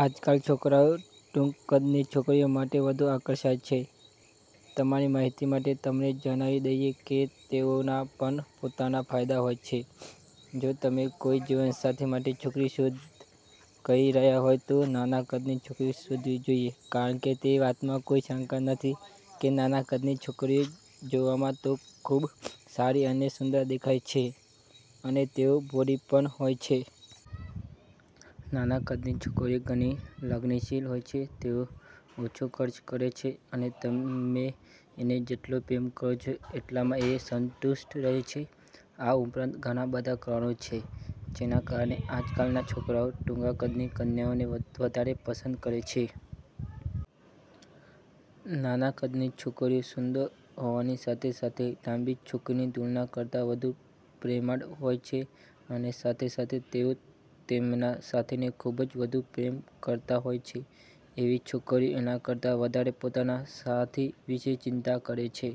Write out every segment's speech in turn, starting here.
આજકાલ, છોકરાઓ ટૂંકા કદની છોકરી માટે વધુ આકર્ષાય છે. તમારી માહિતી માટે, તમને જણાવી દઈએ કે તેઓના પણ પોતાના ફાયદા હોય છે. જો તમે કોઈ જીવનસાથી માટે છોકરી શોધ કરી રહ્યા હોય, તો નાના કદની છોકરી શોધવી જોઈએ કારણ કે તે વાતમાં કોઈ શંકા નથી કે નાના કદની છોકરીઓ જોવામાં તો ખૂબ સારી અને સુંદર દેખાય છે અને તેઓ ભોળી પણ હોય છે. નાના કદની છોકરીઓમાં ઘણી લાગણીશીલ હોય છે, તેઓ ઓછા ખર્ચ કરે છે અને તમે એણે જેટલો પ્રેમ કરો છો એટલામાં એ સંતુષ્ટ રહે છે. આ ઉપરાંત, ઘણા બધા કારણો છે જેના કારણે આજકાલ ના છોકરાઓ ટૂંકા કદની કન્યાઓને વધારે પસંદ કરે છે. નાના કદની છોકરીઓ સુંદર હોવાની સાથે સાથે લાંબી છોકરી ની તુલના કરતાં વધુ પ્રેમાળ હોય છે અને સાથે સાથે તેઓ તેમના સાથીને ખુબ જ વધુ પ્રેમ કરતા હોય છે. એવી છોકરીઓ એના કરતા વધારે પોતાના સાથી વિશે ચિંતા કરે છે.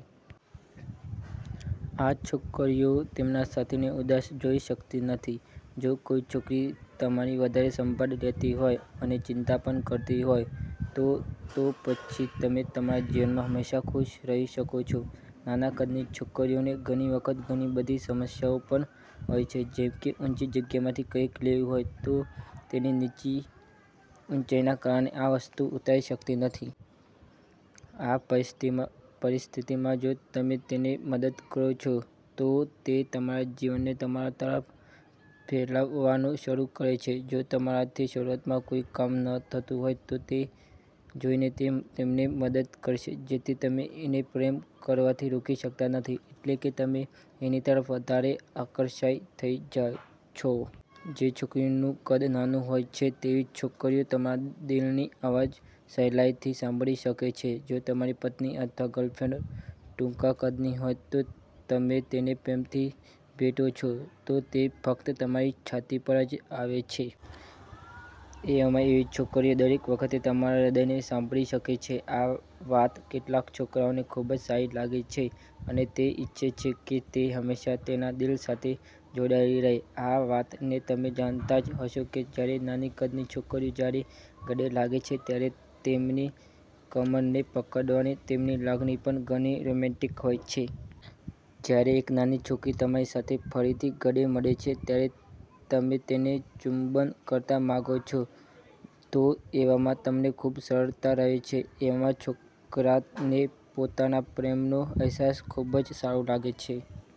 આ છોકરીઓ તેમના સાથીને ઉદાસ જોઈ શકતી નથી, જો કોઈ છોકરી તમારી વધારે સંભાળ લેતી હોય અને ચિંતા પણ કરતી હોય તો તો પછી તમે તમારા જીવનમાં હંમેશાં ખુશ રહી શકો છો. નાના કદની છોકરીઓને ઘણી વખત ઘણી બધી સમસ્યાઓ પણ હોય છે જેમ કે ઊંચી જગ્યામાંથી કંઈક લેવું હોય તો તેની નીચી ઊંચાઈના કારણે, આ વસ્તુ ઉતારી શકતી નથી. આ પરિસ્થિતિમાં, જો તમે તેને મદદ કરો છો, તો તે તમારા જીવનને તમારા તરફ ફેલાવવાનું શરૂ કરે છે. જો તમારાથી શરૂઆતમાં કોઇ કામ ન થતું હોય, તો તે જોઈને તે તમને મદદ કરશે, જેથી તમે એને પ્રેમ કરવાથી રોકી શકતા નથી એટલે કે તમે એની તરફ વધારે આકર્ષિત થઇ જાવ છો. જે છોકરીઓ નું કદ નાનું હોય છે, તેવી છોકરીઓ તમારા દિલની અવાજ સહેલાઈથી સાંભળી શકે છે, જો તમારી પત્ની અથવા ગર્લફ્રેન્ડ ટૂંકા કદની હોય તો તમે તેને પ્રેમથી ભેટો છો, તો તે ફક્ત તમારી છાતી પર જ આવે છે. એવામાં એવી છોકરીઓ દરેક વખતે તમારા હૃદયને સાંભળી શકે છે. આ વાત કેટલાક છોકરાઓને ખૂબ જ સારી લાગે છે અને તે ઈચ્છે છે કે તે હંમેશાં તેના દિલ સાથે જોડાયેલી રહે, આ વાત ને તમે જાણતા જ હશો કે જ્યારે નાની કદની છોકરીઓ જ્યારે ગળે લાગે છે, ત્યારે તેમની કમરને પકડવાની તેમની લાગણી પણ ઘણી રોમેન્ટિક હોય છે. જ્યારે એક નાની છોકરી તમારી સાથે ફરીથી ગળે મળે છે ત્યારે તમે તેને ચુંબન કરવા માંગો છો, તો એવામાં તમને ખૂબ સરળતા રહે છે. એવામાં છોકરા ને પોતાના પ્રેમનો અહેસાસ ખુબ જ સારો લાગે છે.